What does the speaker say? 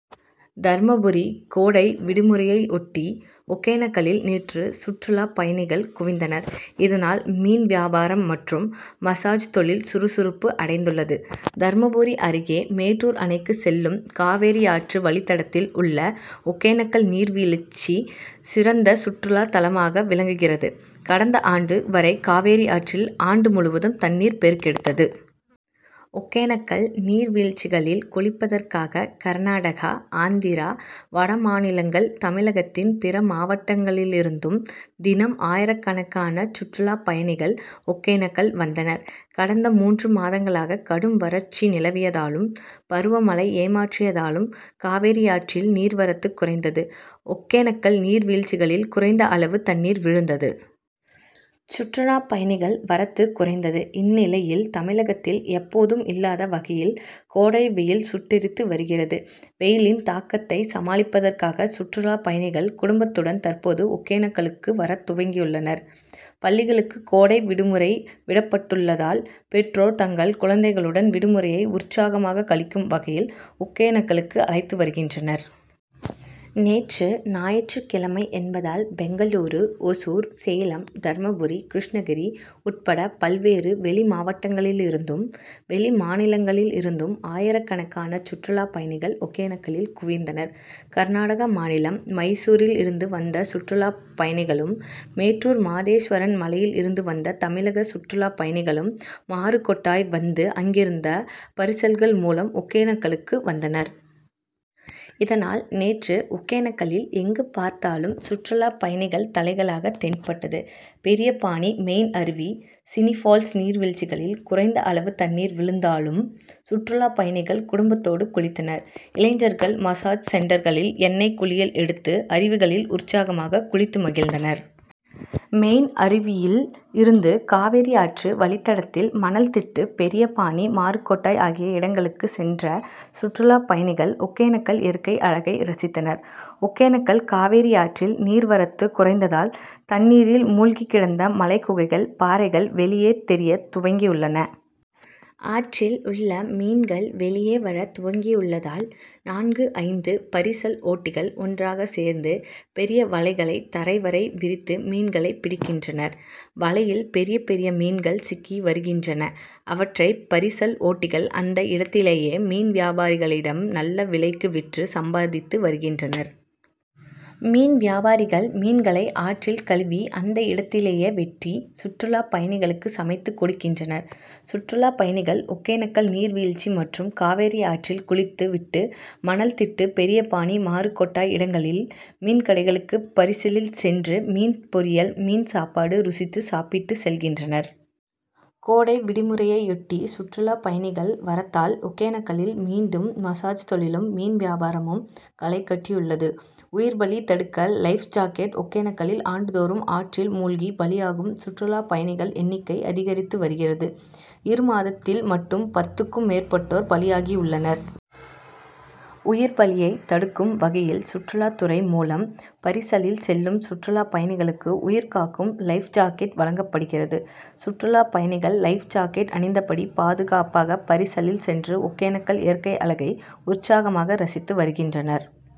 தர்மபுரி கோடை விடுமுறையையொட்டி ஒகேனக்கலில் நேற்று சுற்றுலா பயணிகள் குவிந்தனர். இதனால் மீன் வியாபாரம் மற்றும் மசாஜ் தொழில் சுறுசுறுப்பு அடைந்துள்ளது. தர்மபுரி அருகே மேட்டூர் அணைக்கு செல்லும் காவிரியாற்று வழித்தடத்தில் உள்ள ஒகேனக்கல் நீர் விழுச்சி சிறந்த சுற்றுலாத் தலமாக விளங்குகிறது. கடந்த ஆண்டு வரை காவேரியாற்றில் ஆண்டு முழுவதும் தண்ணீர் பெருக்கெடுத்தது. ஒகேனக்கல் நீர் வீழ்ச்சிகளில் குளிப்பதற்காக கர்நாடகா ஆந்திரா வடமாநிலங்கள் தமிழகத்தின் பிற மாவட்டங்களிலிருந்தும் தினம் ஆயிரக்கணக்கான சுற்றுலா பயணிகள் ஒகேனக்கல் வந்தனர். கடந்த மூன்று மாதங்களாக கடும் வறட்சி நிலவியதாலும் பருவ மழை ஏமாற்றியதாலும் காவிரியாற்றில் நீர்வரத்து குறைந்தது. ஒகேனக்கல் நீர் வீழ்ச்சிகளில் குறைந்த அளவு தண்ணீர் விழுந்தது. சுற்றுலா பயணிகள் வரத்து குறைந்தது. இந்நிலையில் தமிழகத்தில் எப்போதும் இல்லாத வகையில் கோடை வெயில் சுட்டெரித்து வருகிறது. வெயிலின் தாக்கத்தை சமாளிப்பதற்காக சுற்றுலா பயணிகள் குடும்பத்துடன் தற்போது ஒகேனக்கலுக்கு வரத் துவங்கியுள்ளனர். பள்ளிகளுக்கு கோடை விடுமுறை விடப்பட்டுள்ளதால் பெற்றோர் தங்கள் குழந்தைகளுடன் விடுமுறையை உற்சாகமாக கழிக்கும் வகையில் ஒகேனக்கலுக்கு அழைத்து வருகின்றனர். நேற்று ஞாயிற்றுக் கிழமை என்பதால் பெங்களூரு ஒசூர் சேலம் தர்மபுரி கிருஷ்ணகிரி உட்பட பல்வேறு வெளி மாவட்டங்களிலிருந்தும் வெளி மாநிலங்களில் இருந்தும் ஆயிரக்கணக்கான சுற்றுலா பயணிகள் ஒகேனக்கலில் குவிந்தனர். கர்நாடக மாநிலம் மைசூரில் இருந்து வந்த சுற்றுலா பயணிகளும் மேட்டூர் மாதேஸ்வரன் மலையில் இருந்து வந்த தமிழக சுற்றுலா பயணிகளும் மாருகொட்டாய் வந்து அங்கிருந்து பரிசல்கள் மூலம் ஒகேனக்கலுக்கு வந்தனர். இதனால் நேற்று ஒகேனக்கலில் எங்கு பார்த்தாலும் சுற்றுலா பயணிகள் தலைகளாக தென்பட்டது. பெரியபாணி மெயின் அருவி சினி பால்ஸ் நீர்வீழ்ச்சிகளில் குறைந்த அளவு தண்ணீர் விழுந்தாலும் சுற்றுலா பயணிகள் குடும்பத்தோடு குளித்தனர். இளைஞர்கள் மசாஜ் சென்டர்களில் எண்ணெய் குளியல் எடுத்து அருவிகளில் உற்சாகமாக குளித்து மகிழ்ந்தனர். மெயின் அருவியில் இருந்து காவேரியாற்று வழித்தடத்தில் மணல் திட்டு பெரியபாணி மாருகொட்டாய் ஆகிய இடங்களுக்கு சென்ற சுற்றுலா பயணிகள் ஒகேனக்கல் இயற்கை அழகை ரசித்தனர். ஒகேனக்கல் காவேரியாற்றில் நீர் வரத்து குறைந்ததால் தண்ணீரில் மூழ்கி கிடந்த மலை குகைகள் பாறைகள் வெளியே தெரிய துவங்கி உள்ளன. ஆற்றில் உள்ள மீன்கள் வெளியே வர துவங்கியுள்ளதால் நான்கு ஐந்து பரிசல் ஓட்டிகள் ஒன்றாக சேர்ந்து பெரிய வலைகளை தரை வரை விரித்து மீன்களை பிடிக்கின்றனர். வலையில் பெரிய பெரிய மீன்கள் சிக்கி வருகின்றன. அவற்றை பரிசல் ஓட்டிகள் அந்த இடத்திலேயே மீன் வியாபாரிகளிடம் நல்ல விலைக்கு விற்று சம்பாதித்து வருகின்றனர். மீன் வியாபாரிகள் மீன்களை ஆற்றில் கழுவி அந்த இடத்திலேயே வெட்டி சுற்றுலா பயணிகளுக்கு சமைத்து கொடுக்கின்றனர். சுற்றுலா பயணிகள் ஒகேனக்கல் நீர் வீழ்ச்சி மற்றும் காவிரியாற்றில் குளித்து விட்டு மணல் திட்டு பெரியபாணி மாருகொட்டாய் இடங்களில் மீன்கடைகளுக்கு பரிசலில் சென்று மீன் பொரியல் மீன் சாப்பாடு ருசித்து சாப்பிட்டு செல்கின்றனர். கோடைவிடுமுறையொட்டி சுற்றுலா பயணிகள் வரத்தால் ஒகேனக்கலில் மீண்டும் மசாஜ் தொழிலும் மீன் வியாபாரமும் களை கட்டியுள்ளது. உயிர் பலி தடுக்க லைப் ஜாக்கெட் ஒகேனக்கலில் ஆண்டுதோறும் ஆற்றில் மூழ்கி பலியாகும் சுற்றுலா பயணிகள் எண்ணிக்கை அதிகரித்து வருகிறது. இரு மாதத்தில் மட்டும் பத்துக்கும் மேற்பட்டோர் பலியாகி உள்ளனர். உயிர் பலியை தடுக்கும் வகையில் சுற்றுலா துறை மூலம் பரிசலில் செல்லும் சுற்றுலா பயணிகளுக்கு உயிர்காக்கும் லைப்ஜாக்கெட் வழங்கப்படுகிறது. சுற்றுலா பயணிகள் லைப் ஜாக்கெட் அணிந்தபடி பாதுகாப்பாக பரிசலில் சென்று ஒகேனக்கல் இயற்கை அழகை உற்சாகமாக ரசித்து வருகின்றனர்.